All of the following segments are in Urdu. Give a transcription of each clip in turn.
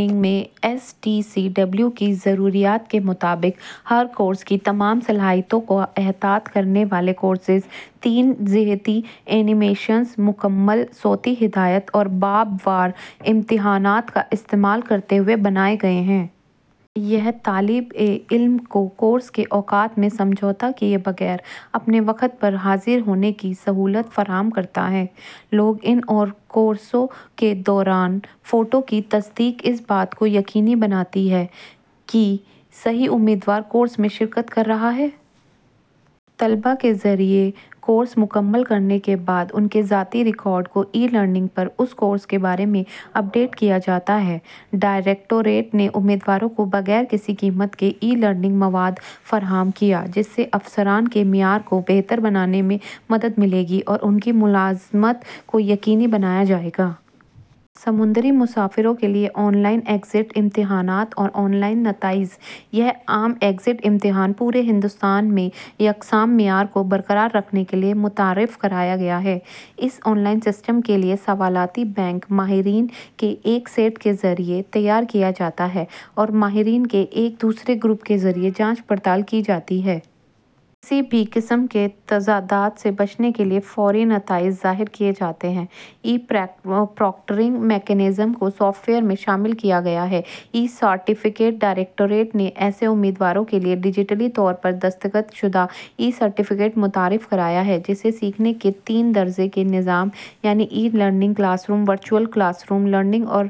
ای لرننگ میں ایس ٹی سی ڈبلیو کی ضروریات کے مطابق ہر کورس کی تمام صلاحیتوں کا احاطہ کرنے والے کورسز تین جہتی اینی میشنز، مکمل صوتی ہدایات اور باب وار امتحانات کا استعمال کرتے ہوئے بنائے گئے ہیں۔ یہ طالب علم کو کورس کے اوقات میں سمجھوتہ کیے بغیر اپنے وقت پر حاضر ہونے کی سہولت فراہم کرتا ہے۔ لاگ اِن اور کورس کے دوران فوٹو کی تصدیق اس بات کو یقینی بناتی ہے کہ صحیح امیدوار کورس میں شرکت کر رہا ہے۔ طلبہ کے ذریعہ کورس مکمل کرنے کے بعد، ان کے ذاتی ریکارڈ کو ای لرننگ پر اس کورس کے بارے میں اپ ڈیٹ کیا جاتا ہے۔ ڈائریکٹوریٹ نے امیدواروں کو بغیر کسی قیمت کے ای لرننگ مواد فراہم کیا، جس سے افسران کے معیار کو بہتر بنانے میں مدد ملے گی اور ان کی ملازمت کو یقینی بنایا جائے گا۔ سمندری مسافروں کے لیے آن لائن ایگزٹ امتحانات اور آن لائن نتائج: یہ عام ایگزٹ امتحان پورے ہندوستان میں یکساں معیار کو برقرار رکھنے کے لیے متعارف کرایا گیا ہے۔ اس آن لائن سسٹم کے لیے سوالاتی بینک ماہرین کے ایک سیٹ کے ذریعہ تیار کیا جاتا ہے اور ماہرین کے ایک دوسرے گروپ کے ذریعہ جانچ پڑتال کی جاتی ہے۔ کسی بھی قسم کے تضادات سے بچنے کے لیے فوری نتائج ظاہر کیے جاتے ہیں۔ ای پراکٹرنگ میکانزم کو سافٹ ویئر میں شامل کیا گیا ہے۔ ای-سرٹیفکیٹ: ڈائریکٹوریٹ نے ایسے امیدوار کے لیے ڈیجیٹل طور پر دستخط شدہ ای-سرٹیفکیٹ متعارف کرایا ہے جس نے سیکھنے کے تین درجے کے نظام، یعنی e learning, class room virtual class room learning اور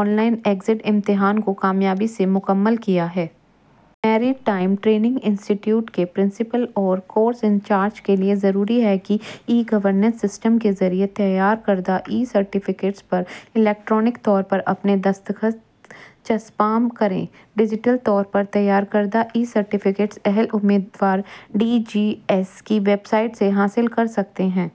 آن لائن ایگزٹ امتحان کو کامیابی سے مکمل کیا ہے۔ Maritime training institute کے پرنسپل اور کورس انچارج کے لیے ضروری ہے کہ ای گورننس سسٹم کے ذریعہ تیار کردہ ای-سرٹیفکیٹس پر الیکٹرانک طور پر اپنے دستخط چسپاں کریں۔ ڈیجیٹل طور پر تیار کردہ ای-سرٹیفکیٹس اہل امیدوار ڈی جی ایس کی ویب سائٹ سے حاصل کر سکتے ہیں۔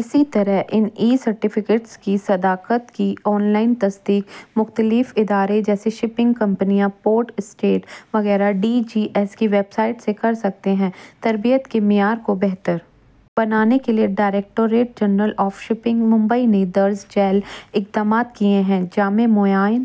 اسی طرح، ان ای-سرٹیفکیٹس کی صداقت کی آن لائن تصدیق مختلف ادارے، جیسے شپنگ کمپنیاں، پورٹ اسٹیٹ وغیرہ، ڈی جی ایس کی ویب سائٹ سے کر سکتے ہیں۔ تربیت کے معیار کو بہتر بنانے کے لیے directorate general of shipping, Mumbai نے درج ذیل اقدامات کیے ہیں: جامع معائنہ